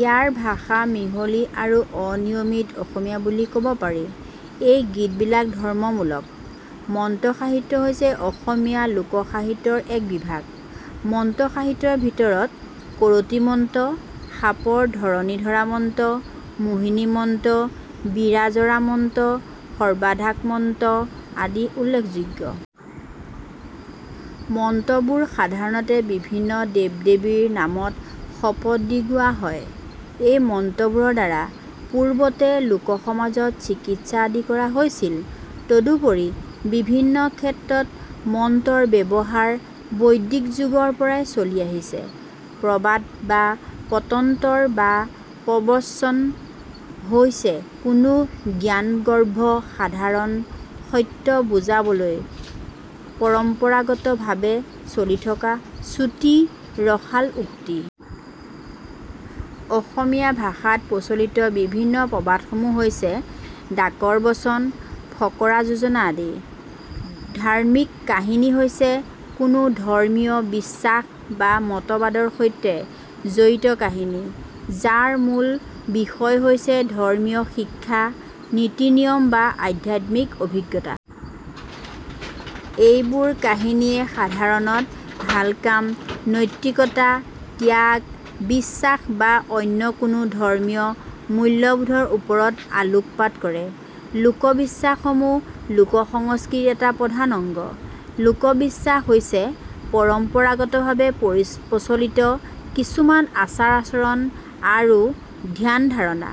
ইয়াৰ ভাষা মিহলি আৰু অনিয়মিত অসমীয়া বুলি ক'ব পাৰি। এই গীতবিলাক ধৰ্মমূলক। মন্ত্ৰ সাহিত্য হৈছে অসমীয়া লোক সাহিত্যৰ এক বিভাগ। মন্ত্ৰ সাহিত্যৰ ভিতৰত কৰতি মন্ত্ৰ, সাপৰ ধৰণী ধৰা মন্ত্ৰ, মোহিনী মন্ত্ৰ, বীৰাজৰা মন্ত্ৰ, সৰ্ব্বঢাক মন্ত্ৰ আদি উল্লেখযোগ্য। মন্ত্ৰবোৰ সাধাৰণতে বিভিন্ন দেৱ-দেৱীৰ নামত শপত দি গোৱা হয়। এই মন্ত্ৰবোৰৰ দ্বাৰা পূৰ্বতে লোক সমাজত চিকিৎসা আদি কৰা হৈছিল। তদুপৰি বিভিন্ন ক্ষেত্ৰত মন্ত্ৰৰ ব্যৱহাৰ বৈদিক যুগৰ পৰাই চলি আহিছে। প্ৰবাদ বা পটন্তৰ বা প্ৰবচন হৈছে কোনো জ্ঞানগৰ্ভ সাধাৰণ সত্য বুজাবলৈ পৰম্পৰাগত ভাৱে চলি থকা চুটি, ৰসাল উক্তি। অসমীয়া ভাষাত প্ৰচলিত বিভিন্ন প্ৰবাদসমূহ হৈছে, ডাকৰ বচন, ফকৰা যোজনা আদি। ধাৰ্মিক কাহিনী হৈছে কোনো ধৰ্মীয় বিশ্বাস বা মতবাদৰ সৈতে জড়িত কাহিনী, যাৰ মূল বিষয় হৈছে ধৰ্মীয় শিক্ষা, নীতি-নিয়ম বা আধ্যাত্মিক অভিজ্ঞতা। এইবোৰ কাহিনীয়ে সাধাৰণত ভাল কাম, নৈতিকতা, ত্যাগ, বিশ্বাস বা অন্য কোনো ধৰ্মীয় মূল্যবোধৰ ওপৰত আলোকপাত কৰে। লোকবিশ্বাস সমূহ লোকসংস্কৃতিৰ এটা প্ৰধান অংগ। লোকবিশ্বাস হৈছে পৰম্পৰাগতভাৱে প্ৰচলিত কিছুমান আচাৰ-আচৰণ আৰু ধ্যান-ধাৰণা।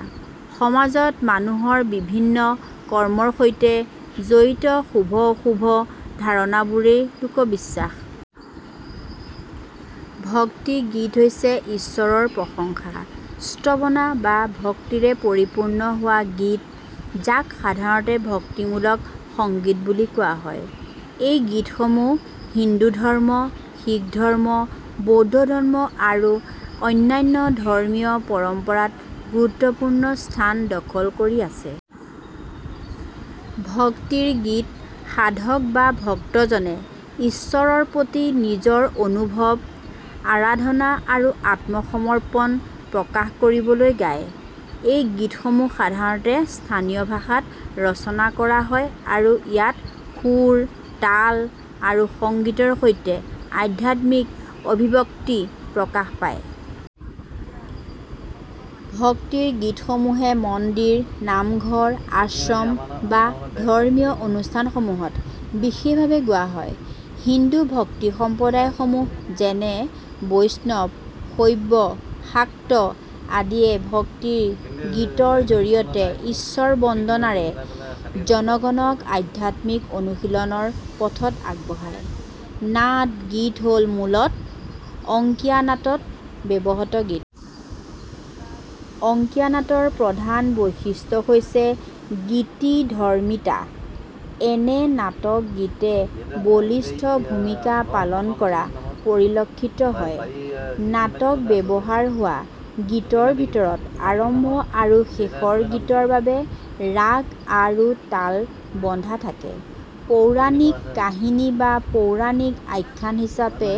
সমাজত মানুহৰ বিভিন্ন কৰ্মৰ সৈতে জড়িত শুভ-অশুভ ধাৰণাবোৰেই লোকবিশ্বাস। ভক্তি গীত হৈছে ঈশ্বৰৰ প্ৰশংসা, স্তবনা বা ভক্তিৰে পৰিপূৰ্ণ হোৱা গীত, যাক সাধাৰণতে ভক্তিমূলক সংগীত বুলি কোৱা হয়। এই গীতসমূহ হিন্দু ধৰ্ম, শিখ ধৰ্ম, বৌদ্ধ ধৰ্ম আৰু অন্যান্য ধৰ্মীয় পৰম্পৰাত গুৰুত্বপূৰ্ণ স্থান দখল কৰি আছে। ভক্তিৰ গীত সাধক বা ভক্তজনে ঈশ্বৰৰ প্ৰতি নিজৰ অনুভৱ, আৰাধনা আৰু আত্মসমৰ্পণ প্ৰকাশ কৰিবলৈ গায়। এই গীতসমূহ সাধাৰণতে স্থানীয় ভাষাত ৰচনা কৰা হয় আৰু ইয়াত সুৰ, তাল, আৰু সংগীতৰ সৈতে আধ্যাত্মিক অভিব্যক্তি প্ৰকাশ পায়। ভক্তিৰ গীতসমূহে মন্দিৰ, নামঘৰ, আশ্ৰম বা ধৰ্মীয় অনুষ্ঠানসমূহত বিশেষভাৱে গোৱা হয়। হিন্দু ভক্তিসঁপ্ৰদায়সমূহ যেনে বৈষ্ণৱ, শৈৱ, শাক্ত আদিয়ে ভক্তিৰ গীতৰ জৰিয়তে ঈশ্বৰ-বন্দনাৰে জনগণক আধ্যাত্মিক অনুশীলনৰ পথত আগবঢ়ায়। নাট গীত হ'ল মূলতঃ অংকীয়া নাট ত ব্যৱহৃত গীত। অংকীয়া নাটৰ প্ৰধান বৈশিষ্ট্য হৈছে গীতিধৰ্মিতা। এনে নাটকত গীতে বলিষ্ঠ ভূমিকা পালন কৰা পৰিলক্ষিত হয়। নাটত ব্যৱহাৰ হোৱা গীতৰ ভিতৰত আৰম্ভ আৰু শেষৰ গীতৰ বাবে ৰাগ আৰু তাল বন্ধা থাকে। পৌৰাণিক কাহিনী বা পৌৰাণিক আখ্যান হৈছে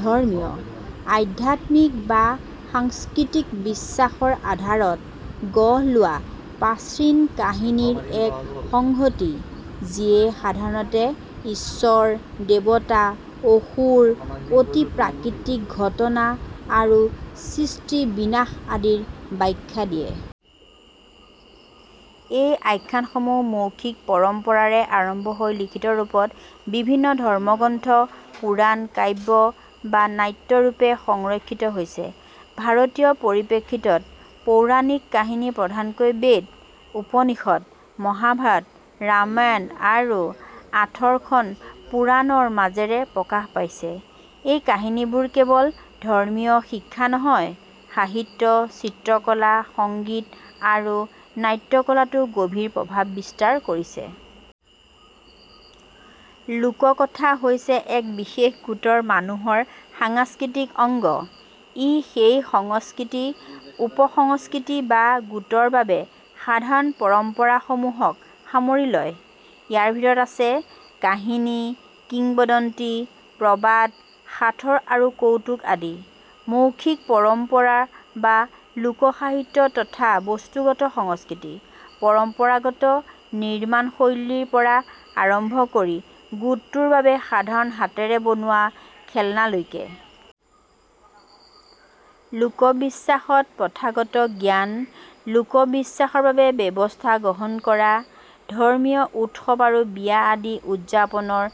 ধৰ্মীয়, আধ্যাত্মিক বা সাংস্কৃতিক বিশ্বাসৰ আধাৰত গঢ় লোৱা প্ৰাচীন কাহিনীৰ এক সংহতি, যিয়ে সাধাৰণতে ঈশ্বৰ, দেৱতা, অসুৰ, অতিপ্ৰাকৃতিক ঘটনা আৰু সৃষ্টি-বিনাশ আদিৰ ব্যাখ্যা দিয়ে। এই আখ্যানসমূহ মৌখিক পৰম্পৰাৰে আৰম্ভ হৈ লিখিত ৰূপত বিভিন্ন ধৰ্মগ্ৰন্থ, পুৰাণ, কাব্য বা নাট্যৰূপে সংৰক্ষিত হৈছে। ভাৰতীয় পৰিপ্ৰেক্ষিতত, পৌৰাণিক কাহিনী প্ৰধানকৈ বেদ, উপনিষদ, মহাভাৰত, ৰামায়ণ আৰু আঠৰখন পুৰাণ ৰ মাজেৰে প্ৰকাশ পাইছে। এই কাহিনীবোৰ কেৱল ধৰ্মীয় শিক্ষা নহয়, সাহিত্য, চিত্ৰকলা, সংগীত আৰু নাট্যকলাতো গভীৰ প্ৰভাৱ বিস্তাৰ কৰিছে। লোককথা হৈছে এক বিশেষ গোটৰ মানুহৰ সাংস্কৃতিক অংগ; ই সেই সংস্কৃতি, উপসংস্কৃতি বা গোটৰ বাবে সাধাৰণ পৰম্পৰাসমূহক সামৰি লয়। ইয়াৰ ভিতৰত আছে কাহিনী, কিংবদন্তি, প্ৰবাদ, সাঁথৰ আৰু কৌতুক আদি মৌখিক পৰম্পৰা বা লোক সাহিত্য তথা বস্তুগত সংস্কৃতি, পৰম্পৰাগত নিৰ্মাণ শৈলীৰ পৰা আৰম্ভ কৰি গোটটোৰ বাবে সাধাৰণ হাতেৰে বনোৱা খেলনালৈকে। লোকবিশ্বাসত প্ৰথাগত জ্ঞান, লোকবিশ্বাসৰ বাবে ব্যৱস্থা গ্ৰহণ কৰা, ধৰ্মীয় উৎসৱ আৰু বিয়া আদি উদযাপনৰ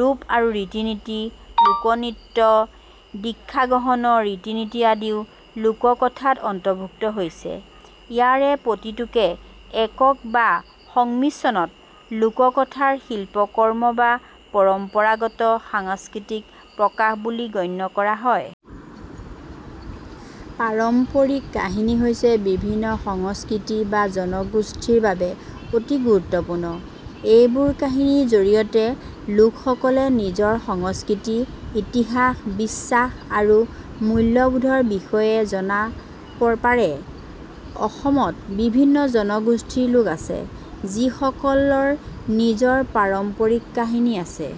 ৰূপ আৰু ৰীতি-নীতি, লোকনৃত্য, দীক্ষাগ্ৰহণৰ ৰীতি-নীতি আদিও লোককথাত অন্তৰ্ভুক্ত হৈছে। ইয়াৰে প্ৰতিটোকে একক বা সংমিশ্ৰণত লোককথাৰ শিল্পকৰ্ম বা পৰম্পৰাগত সাংস্কৃতিক প্ৰকাশ বুলি গণ্য কৰা হয়। পাৰম্পৰিক কাহিনী হৈছে বিভিন্ন সংস্কৃতি বা জনগোষ্ঠীৰ বাবে অতি গুৰুত্বপূৰ্ণ। এইবোৰ কাহিনীৰ জৰিয়তে লোকসকলে নিজৰ সংস্কৃতি, ইতিহাস, বিশ্বাস আৰু মূল্যবোধৰ বিষয়ে জনা পাৰে। অসমত বিভিন্ন জনগোষ্ঠীৰ লোক আছে, যিসকলৰ নিজৰ পাৰম্পৰিক কাহিনী আছে।